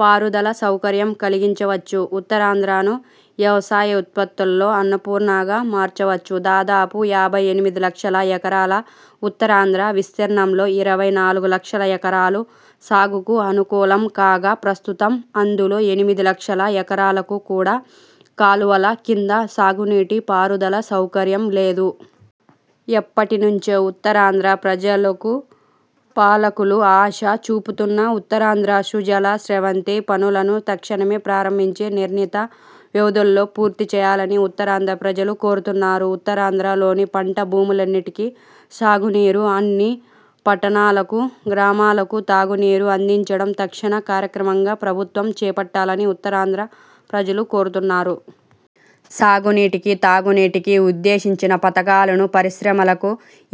పారుదల సౌకర్యం కలిగించవచ్చు. ఉత్తరాంధ్రను వ్యవసాయోత్పత్తులలో అన్నపూర్ణగా మార్చవచ్చు. దాదాపు యాభై ఎనిమిది లక్షల ఎకరాల ఉత్తరాంధ్ర విస్తీర్ణంలో ఇరవై నాలుగు లక్షల ఎకరాలు సాగుకు అనుకూలం కాగా, ప్రస్తుతం అందులో ఎనిమిది లక్షల ఎకరాలకు కూడా కాలువల కింద సాగునీటి పారుదల సౌకర్యం లేదు. ఎప్పటి నుంచో ఉత్తరాంధ్ర ప్రజలకు పాలకులు ఆశ చూపుతున్న ఉత్తరాంధ్ర సుజల స్రవంతి పనులను తక్షణమే ప్రారంభించి, నిర్ణీత వ్యవధిలో పూర్తి చేయాలని ఉత్తరాంధ్ర ప్రజలు కోరుతున్నారు. ఉత్తరాంధ్ర లోని పంట భూములన్నిటికీ సాగునీరు, అన్ని పట్టణాలకూ, గ్రామాలకూ తాగు నీరు అందించడం తక్షణ కార్యక్రమంగా ప్రభుత్వం చేపట్టాలని ఉత్తరాంధ్ర ప్రజలు కోరుతున్నారు. సాగు నీటికీ, తాగు నీటికీ ఉద్దేశించిన పథకాలను పరిశ్రమలకు,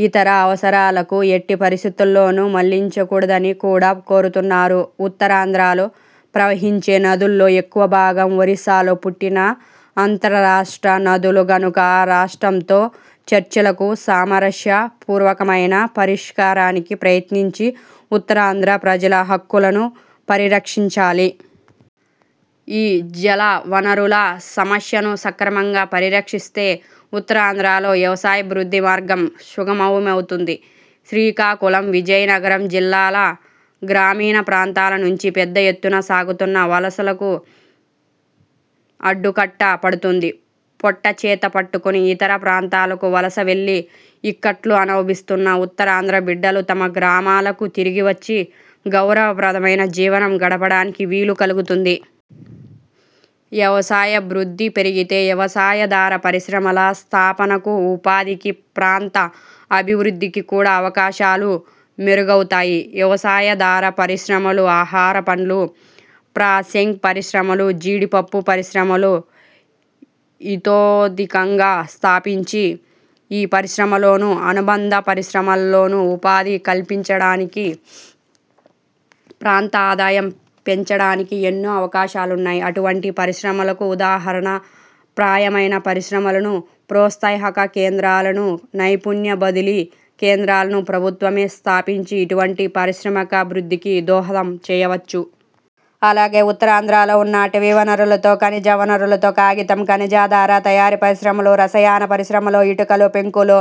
ఇతర అవసరాలకు ఎట్టి పరిస్థితులలోనూ మళ్లించగూడదని కూడా కోరుతున్నారు. ఉత్తరాంధ్రలో ప్రవహించే నదుల్లో ఎక్కువభాగం ఒరిస్సాలో పుట్టిన అంతర్రాష్ట్ర నదులు గనుక ఆ రాష్ట్రంతో చర్చలకు, సామరస్య పూర్వకమైన పరిష్కారానికి ప్రయత్నించి, ఉత్తరాంధ్ర ప్రజల హక్కులను పరిరక్షించాలి. ఈ జలవనరుల సమస్యను సక్రమంగా పరిష్కరిస్తే ఉత్తరాంధ్రలో వ్యవసాయాభివృద్ధికి మార్గం సుగమమవుతుంది. శ్రీకాకుళం, విజయనగరం జిల్లాల గ్రామీణ ప్రాంతాల నుంచి పెద్ద ఎత్తున సాగుతున్న వలసలకు అడ్డుకట్ట పడుతుంది. పొట్ట చేత పట్టుకుని ఇతర ప్రాంతాలకు వలస వెళ్లి ఇక్కట్లు అనుభవిస్తున్న ఉత్తరాంధ్ర బిడ్డలు తమ గ్రామాలకు తిరిగివచ్చి గౌరవప్రదమైన జీవనం గడపడానికి వీలు కలుగుతుంది. వ్యవసాయాభివృద్ధి పెరిగితే వ్యవసాయాధార పరిశ్రమల స్థాపనకు, ఉపాధికీ, ప్రాంత అభివృద్ధికీ కూడా అవకాశాలు మెరుగవుతాయి. వ్యవసాయాధార పరిశ్రమలు, ఆహార, పండ్ల ప్రాసెసింగ్ పరిశ్రమలు, జీడిపప్పు పరిశ్రమలు ఇతోధికంగా స్థాపించి, ఆ పరిశ్రమలలోను, అనుబంధ పరిశ్రమలలోను ఉపాధి కల్పించడానికీ, ప్రాంత ఆదాయం పెంచడానికీ ఎన్నో అవకాశాలున్నాయి. అటువంటి పరిశ్రమలకు ఉదాహరణ ప్రాయమైన పరిశ్రమలను, ప్రోత్సాహక కేంద్రాలను, నైపుణ్య బదిలీ కేంద్రాలను ప్రభుత్వమే స్థాపించి ఇటువంటి పారిశ్రామికాభివృద్ధికి దోహదం చేయవచ్చు. అలాగే ఉత్తరాంధ్రలో ఉన్న అటవీ వనరులతో, ఖనిజ వనరులతో కాగితం, ఖనిజాధార తయారీ పరిశ్రమలు, రసాయన పరిశ్రమలు, ఇటుకలు, పెంకులు,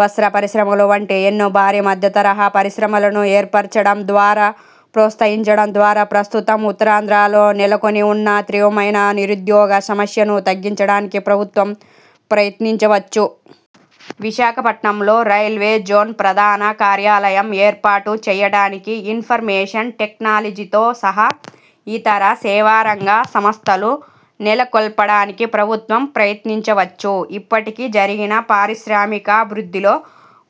వస్త్ర పరిశ్రమలు వంటి ఎన్నో భారీ, మధ్యతరహా పరిశ్రమలను ఏర్పరచడం ద్వారా, ప్రోత్సహించడం ద్వారా ప్రస్తుతం ఉత్తరాంధ్రలో నెలకొని ఉన్న తీవ్రమైన నిరుద్యోగ సమస్యను తగ్గించడానికి ప్రభుత్వం ప్రయత్నించవచ్చు. విశాఖపట్నంలో రైల్వే జోన్ ప్రధాన కార్యాలయం ఏర్పాటు చేయడానికి, ఇన్ఫర్మేషన్ టెక్నాలజీతో సహా ఇతర సేవారంగ సంస్థలు నెలకొల్పడానికి ప్రభుత్వం ప్రయత్నించవచ్చు. ఇప్పటికి జరిగిన పారిశ్రామికాభివృద్ధిలో,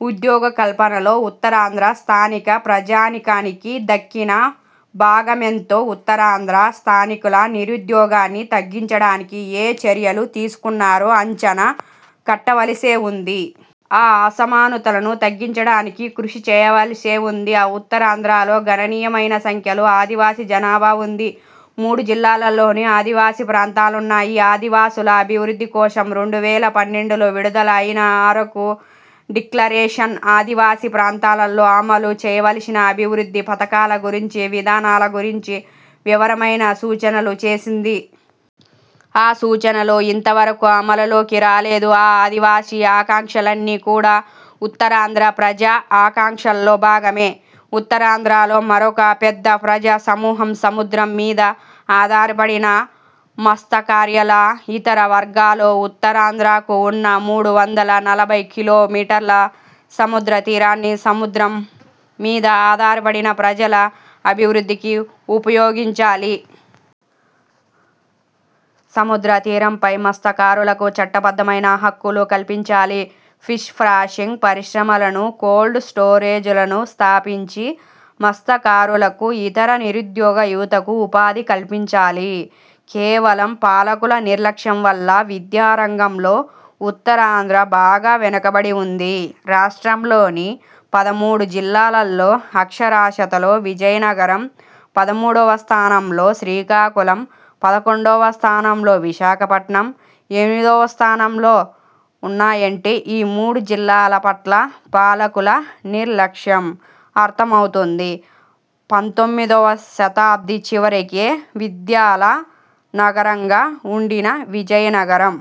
ఉద్యోగకల్పనలో ఉత్తరాంధ్ర స్థానిక ప్రజానీకానికి దక్కిన భాగమెంతో, ఉత్తరాంధ్ర స్థానికుల నిరుద్యోగాన్ని తగ్గించడానికి ఏ చర్యలు తీసుకున్నారో అంచనా కట్టవలసే ఉంది. ఆ అసమానతలను తగ్గించడానికి కృషి చేయవలసే ఉంది. ఉత్తరాంధ్రలో గణనీయమైన సంఖ్యలో ఆదివాసీ జనాభా ఉంది. మూడు జిల్లాలలోను ఆదివాసీ ప్రాంతాలున్నాయి. ఆదివాసుల అభివృద్ధి కోసం రెండు వేల పన్నెండులో విడుదల అయిన అరకు డిక్లరేషన్ ఆదివాసీ ప్రాంతాలలో అమలు చేయవలసిన అభివృద్ధి పథకాల గురించి, విధానాల గురించి వివరమైన సూచనలు చేసింది. ఆ సూచనలు ఇంతవరకూ అమలులోకి రాలేదు. ఈ ఆదివాసీ ఆకాంక్షలన్నీ కూడా ఉత్తరాంధ్ర ప్రజా ఆకాంక్షలలో భాగమే. ఉత్తరాంధ్రలో మరొక పెద్ద ప్రజా సమూహం సముద్రం మీద ఆధారపడిన మత్స్యకారులు, ఇతర వర్గాలు. ఉత్తరాంధ్రకు ఉన్న మూడు వందల నలభై కిలో మీటర్ల సముద్ర తీరాన్ని సముద్రం మీద ఆధారపడిన ప్రజల అభివృద్ధికి ఉపయోగించాలి. సముద్ర తీరంపై మత్స్యకారులకు చట్టబద్ధమైన హక్కులు కల్పించాలి. ఫిష్ ప్రాసెసింగ్ పరిశ్రమలను, కోల్డ్ స్టోరేజీలను స్థాపించి మత్స్యకారులకు, ఇతర నిరుద్యోగ యువతకు ఉపాధి కల్పించాలి. కేవలం పాలకుల నిర్లక్ష్యం వల్ల విద్యారంగంలో ఉత్తరాంధ్ర బాగా వెనుకబడి ఉంది. రాష్ట్రంలోని పదమూడు జిల్లాలలో అక్షరాస్యతలో విజయనగరం పదమూడువ స్థానంలో, శ్రీకాకుళం పదకొండువ స్థానంలో, విశాఖపట్నం ఎనిమిదివ స్థానంలో ఉన్నాయంటే ఈ మూడు జిల్లాల పట్ల పాలకుల నిర్లక్ష్యం అర్థమవుతుంది. పందొమ్మిదో శతాబ్ది చివరికే విద్యల నగరంగా ఉండిన విజయనగరం